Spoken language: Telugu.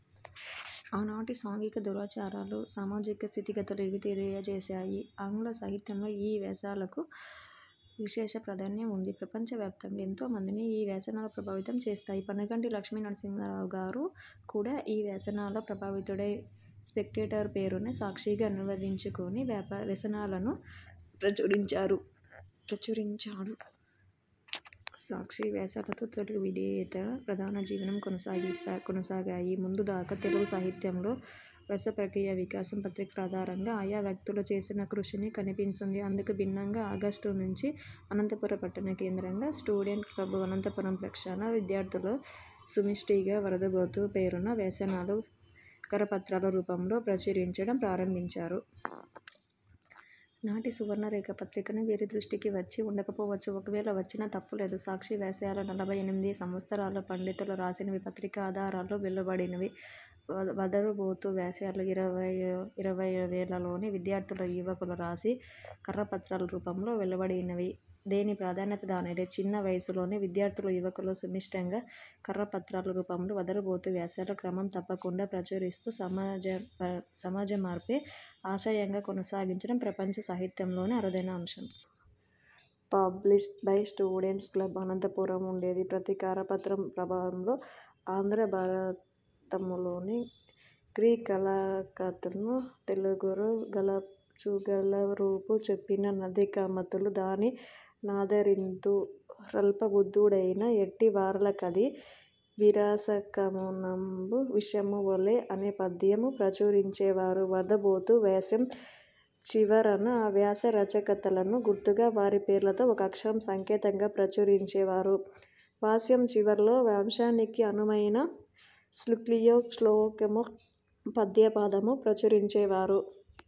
ఆనాటి సాంఘిక దురాచారాలు, సామాజిక స్థితిగతులను ఇవి తెలియజేస్తాయి. ఆంగ్ల సాహిత్యంలో ఈ వ్యాసాలకు విశేష ప్రాధాన్యం ఉంది. ప్రపంచ వ్యాప్తంగా ఎంతో మందిని ఈ వ్యాసాలు ప్రభావితం చేశాయి. పానుగంటి లక్ష్మీనరసింహారావు గారు కూడా ఈ వ్యాసాలతో ప్రభావితుడై 'స్పెక్టేటర్' పేరునే 'సాక్షి'గా అనువదించుకొని వ్యాసాలను ప్రచురించాడు. 'సాక్షి వ్యాసాల'లో తెలుగు దేశీయతే ప్రధాన జీవంగా కొనసాగాయి. ముందు దాకా తెలుగు సాహిత్యంలో వ్యాసప్రక్రియ వికాసం పత్రికల ఆధారంగా ఆయా వ్యక్తులుగా చేసిన కృషిగా కనిపిస్తుంది. అందుకు భిన్నంగా ఆగస్టు నుంచి అనంతపురం పట్టణం కేంద్రంగా 'స్టూడెంట్స్ క్లబ్ అనంతపురం' పక్షాన విద్యార్థులు సమిష్టిగా 'వదరుఁబోతు' పేరున వ్యాసాలను కరపత్రాల రూపంలో ప్రచురించడం ప్రారంభించారు. నాటి 'సువర్ణలేఖ' పత్రికలు వీరి దృష్టికి వచ్చి వుండకపోవచ్చు. ఒకవేళ వచ్చినా తప్పులేదు. 'సాక్షివ్యాసాలు' నలభైఎనిమిది సంవత్సరాల పండితుడు రాసినవి, పత్రిక ఆధారంగా వెలువడినవి. 'వదరుఁబోతు' వ్యాసాలు ఇరవైలలోని విద్యార్థులు, యువకులు రాసి కరపత్రాల రూపంలో వెలువడినవి. దేని ప్రాధాన్యత దానిదే! చిన్నవయసులోని విద్యార్థులు, యువకులు సమిష్టిగా కరపత్రాల రూపంలో 'వదరుఁబోతు' వ్యాసాలను క్రమం తప్పకుండా ప్రచురిస్తూ సమాజమార్పే ఆశయంగా కొనసాగించడం ప్రపంచ సాహిత్యంలోనే అరుదైన అంశం. 'Published by students club Anantapuram' అని ఉండేది. ప్రతి కరపత్రం ప్రారంభంలో ఆంధ్రభారతములోని గీ ''కార్యగతుల తెఱఁగు గలరూపుచెప్పిన/ నధికమతులు దాని నాదరింతు / రల్పబుద్ధులైన యట్టివారలకది/ విరసకారణంబు విషము వోలె'' అనే పద్యం ప్రచురించేవారు. వదరుఁబోతు వ్యాసం చివరన ఆ వ్యాస రచయితలకు గుర్తుగా వారి పేర్లలోని ఒక అక్షరం సంకేతంగా ప్రచురించేవారు. వ్యాసం చివరలో వ్యాసాంశానికి అనువైన సూక్తియో, శ్లోకమో, పద్యపాదమో ప్రచురించేవారు.